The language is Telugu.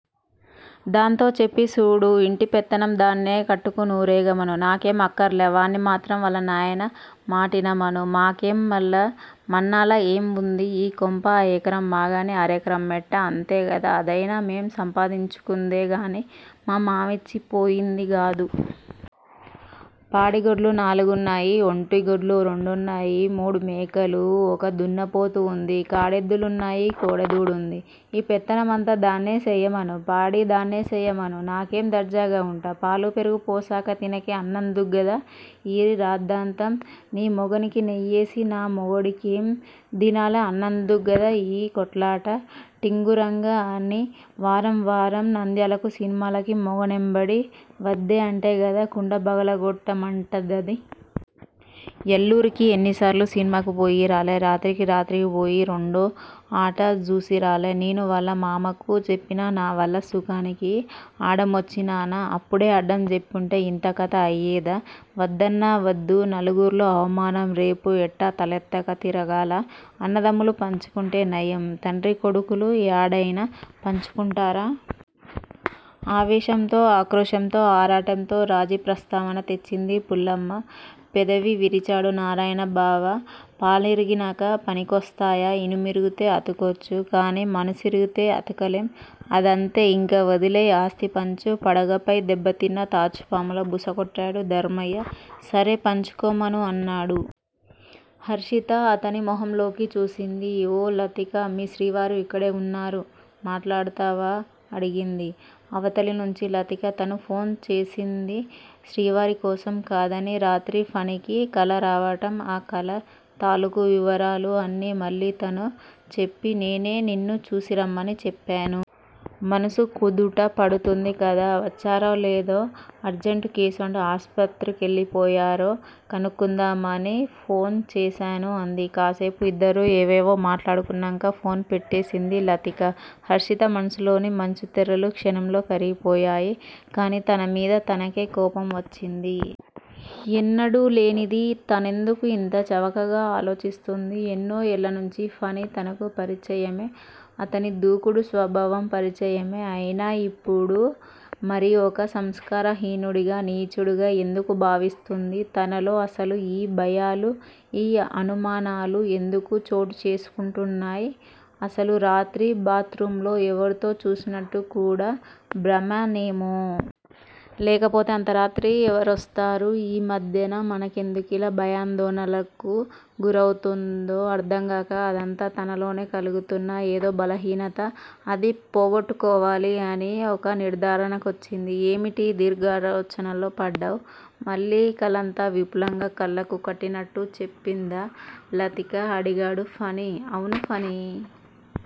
దాంతో చెప్పి సూడు. ఇంటి పెత్తనం దాన్నే కట్టుకునూరేగమను! నాకేం అక్కర్లా వాడ్ని మాత్రం వాళ్ళ నాయన మాటినమను! మాకేం మల్లా? మాన్నాలా ఏ వుంది! ఈ కొంప ఆ ఎకరం మాగాని అరెకరం మెట్ట అంతే గదా అదయినా మేం సంపాయిచ్చుకుందే గానీ మా మావిచ్చి పోయింది గాదు! పాడి గొడ్లు నాలుగున్నాయి. ఒంట్టి గొడ్లు రెండున్నాయి! మూడు మేకలు. ఒక దున్నపోతు వుంది. కాడెద్దులున్నాయి కోడెదూడుంది! ఈ పెత్తనం మంతా దాన్నే సేయ్యమను పాడి దాన్నే సేయ్యమను. నాకేం దర్జాగా వుంటా. పాలు పెరుగు పోసక తినకే అన్నందుగ్గదా యీ రాద్దాంతం! నీ మొగునికి నెయ్యేస్తే నా మొగుడేం దినాల అన్నదుగ్గాదా యీ కొట్లాట టింగురంగ అని వారం వారం నంద్యాలకు సినిమాలకు మొగ నెంబడి వద్దే అంటే గదా కుండ పగలగొట్ట మంటండది! యాల్లూరికి ఎన్ని సార్లు సినిమాకు బొయ్యిరాలా రాత్రి రాత్రికి పోయి రెండో అట జూసిరాలా? నేను వాల్ల మామకు జెప్పినా నావాల్ల సుకానికి అడమోచ్చినానా? అప్పుడే అడ్డం జెప్పింటే యింత కత అయ్యేదా? వద్దన్నా వద్దు నలుగుర్లో అవమానం రేపు ఎట్టా తలెత్తక తిరగాలా అన్నదమ్ములు పంచుకుంటే నయం తండ్రి కొడుకులు యాడైనా పంచుకుంటారా? ఆవేశంతో, ఆక్రోశంతో, ఆరాటంతో రాజీ ప్రస్తావన తెచ్చింది పుల్లమ్మ. పెదవి విరిచాడు నారాయణ 'బావా! పాలిరిగినక పనికోస్తయ్యా! ఇనుమిరిగితే అతకొచ్చు. కానీ మనసిరిగితే అతకలెం! అదంతే! యింగ వదిలేయ్! ఆస్థి పంచు. పడగపై దెబ్బ తిన్న తాచుపాములా బుస కొట్టాడు ధర్మయ్య. సరే పంచుకోమను! అన్నాడు. హర్షిత అతని మొహంలోకి చూసింది? ఓ లతికా! మీ శ్రీవారు ఇక్కడే వున్నారు. మాట్లాడతావా? అడిగింది. అవతలినుంచి లతిక తను ఫోన్ చేసింది శ్రీవారి కోసం కాదనీ, రాత్రి ఫణికి కల రావడం, ఆ కల తాలూకు వివరాలూ అన్నీ మళ్ళీ తనూ చెప్పి, నేనే నిన్ను చూసి రమ్మని చెప్పాను. మనసు కుదుట పడుతుంది కదా! వచ్చారో లేదో ఏదో అర్జంటు కేసు అంటూ ఆసుపత్రికెళ్ళిపోయారో కనుక్కుందామని ఫోన్ చేశాను అంది. కాసేపు ఇద్దరూ ఏవేవో మాట్లాడుకున్నాక ఫోన్ పెట్టేసింది లతిక. హర్షిత మనసులోని మంచుతెరలు క్షణంలో కరిగిపోయాయి. కానీ తన మీద తనకే కోపం వచ్చింది. ఎన్నడూ లేనిది తనెందుకు ఇంత చవకగా ఆలోచిస్తోంది? ఎన్నో ఏళ్ళనుంచి ఫణి తనకు పరిచయమే. అతని దుడుకు స్వభావం పరిచయమే! అయినా ఇప్పుడు మరీ ఒక సంస్కారహీనుడిగా, నీచుడిగా ఎందుకు భావిస్తోంది? తనలో అసలు ఈ భయాలూ, ఈ అనుమానాలూ ఎందుకు చోటుచేసుకుంటున్నాయ్? అసలు రాత్రి బాత్ రూంలో ఎవరినో చూసినట్టు కూడా భ్రమేనేమో? లేకపోతే అంత రాత్రి ఎవరొస్తారు? ఈ మధ్యన మనసెందుకిలా భయాందోళనలకు గురవుతూందో అర్ధంగాక అదంతా తనలోనే కలుగుతూన్న ఏదో బలహీనత, అది పోగొట్టుకోవాలి అని ఒక నిర్ధారణకొచ్చింది. ఏమిటి దీర్ఘాలోచనలో పడ్డావ్? మళ్ళీ కలంతా విపులంగా కళ్ళకు కట్టినట్టుగా చెప్పిందా లతిక? అడిగాడు ఫణి. అవును ఫణీ!